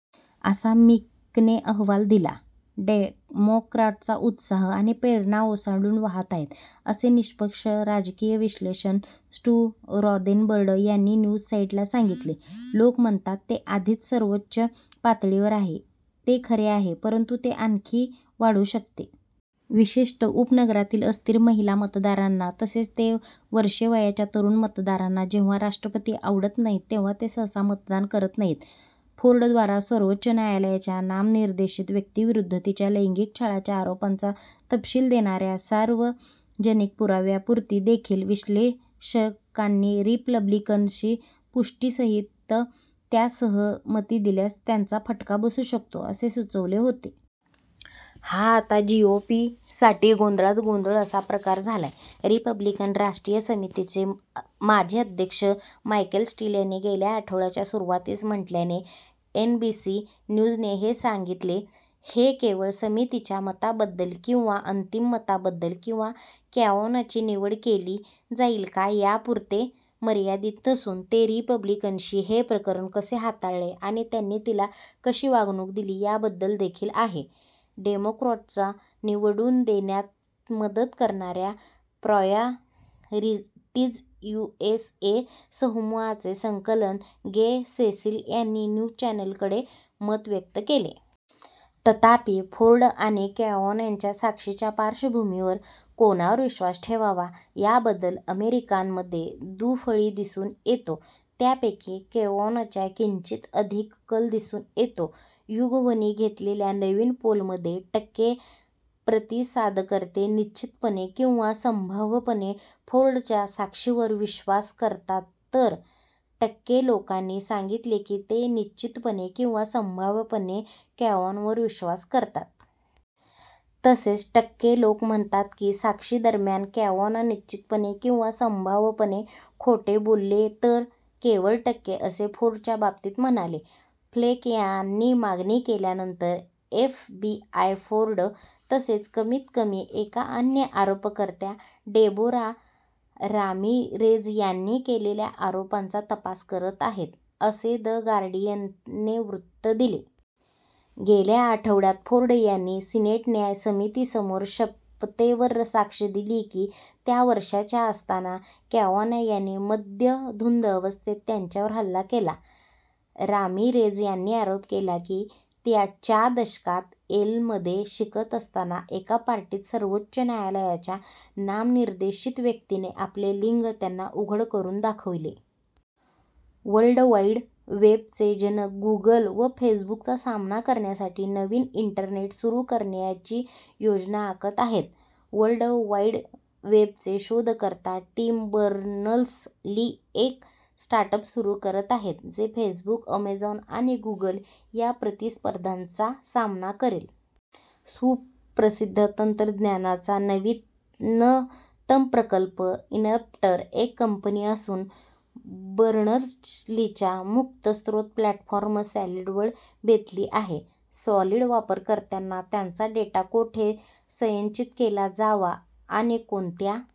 असा मिकने अहवाल दिला. "डेमॉक्रॅटचा उत्साह आणि प्रेरणा ओसंडून वाहत आहे," असे निष्पक्ष राजकीय विश्लेषक, स्टु रॉदेनबर्ग यांनी न्यूज साइटला सांगितले. "लोक म्हणतात ते आधीच सर्वोच्च पातळीवर आहे; ते खरे आहे. परंतु ते आणखी वाढू शकते. विशेषतः उपनगरातील अस्थिर महिला मतदारांना, तसेच ते -वर्षे-वयाच्या तरुण मतदारांना जेव्हा राष्ट्रपती आवडत नाहीत, तेव्हा ते सहसा मतदान करत नाहीत. " फोर्डद्वारा सर्वोच्च न्यायालयाच्या नामनिर्देशित व्यक्तीविरुद्ध तिच्या लैंगिक छळाच्या आरोपांचा तपशील देणाऱ्या सार्वजनिक पुराव्यापूर्वी देखील, विश्लेषकांनी रिपब्लिकन्सनी पुष्टीसह त्यास सहमती दिल्यास त्यांना फटका बसू शकतो असे सुचवले होते. "हा आता जीओपीसाठी गोंधळात गोंधळ असा प्रकार झालाय," रिपब्लिकन राष्ट्रीय समितीचे माजी अध्यक्ष, मायकेल स्टील यांनी गेल्या आठवड्याच्या सुरुवातीस म्हटल्याचे एनबीसी न्यूजने सांगितले. "हे केवळ समितीच्या मताबद्दल किंवा अंतिम मताबद्दल किंवा कॅवानॉची निवड केली जाईल का यापुरते मर्यादित नसून, ते रिपब्लिकन्सनी हे प्रकरण कसे हाताळले आणि त्यांनी तिला कशी वागणूक दिली याबद्दल देखील आहे," डेमॉक्रॅट्सना निवडून देण्यात मदत करणाऱ्या प्रायॉरिटिज युएसए समूहाचे संचालक, गे सेसिल यांनी न्यूज चॅनेलकडे मत व्यक्त केले. तथापि, फोर्ड आणि कॅवानॉच्या साक्षींच्या पार्श्वभूमीवर, कोणावर विश्वास ठेवावा याबद्दल अमेरिकनांमध्ये दुफळी दिसून येतो, त्यापैकी कॅवानॉच्या किंचित अधिक कल दिसून येतो. युगव्हनी घेतलेल्या नवीन पोलमध्ये टक्के प्रतिसादकर्ते निश्चितपणे किंवा संभाव्यपणे फोर्डच्या साक्षीवर विश्वास करतात तर, टक्के लोकांनी सांगितले की ते निश्चितपणे किंवा संभाव्यपणे कॅवानॉवर विश्वास करतात. तसेच, टक्के लोक म्हणालेत की साक्षीदरम्यान कॅवानॉ निश्चितपणे किंवा संभाव्यपणे खोटे बोलले तर, केवळ टक्के असे फोर्डच्या बाबतीत म्हणाले. फ्लेक यांनी मागणी केल्यानंतर, एफबीआय फोर्ड तसेच कमीत कमी एका अन्य आरोपकर्त्या डेबोरा रामिरेझ यांनी केलेल्या आरोपांचा तपास करत आहे, असे द गार्डियनने वृत्त दिले. गेल्या आठवड्यात फोर्ड यांनी सिनेट न्याय समितीसमोर शपथेवर साक्ष दिली की त्या वर्षांच्या असताना कॅवानॉ यांनी मद्यधुंद अवस्थेत त्यांच्यावर हल्ला केला. रामिरेझ यांनी आरोप केला की च्या दशकात येलमध्ये शिकत असताना एका पार्टीत सर्वोच्च न्यायालयाच्या नामनिर्देशित व्यक्तीने आपले लिंग त्यांना उघड करून दाखवले. वर्ल्ड वाइड वेबचे जनक गुगल व फेसबुकचा सामना करण्यासाठी नवीन इंटरनेट सुरु करण्याची योजना आखत आहेत वर्ल्ड वाइड वेबचे शोधकर्ता टिम बर्नर्स-ली एक स्टार्टअप सुरु करत आहे जे फेसबुक, अॅमेझॉन आणि गुगल या प्रतिस्पर्ध्यांचा सामना करेल. सुप्रसिद्ध तंत्रज्ञाचा नवीनतम प्रकल्प, 'इनरप्ट', एक कंपनी असून बर्नर्स-लीच्या मुक्त स्रोत प्लॅटफॉर्म 'सॉलिड' वर बेतली आहे. सॉलिड वापरकर्त्यांना त्यांचा डेटा कोठे संचयित केला जावा आणि कोणत्या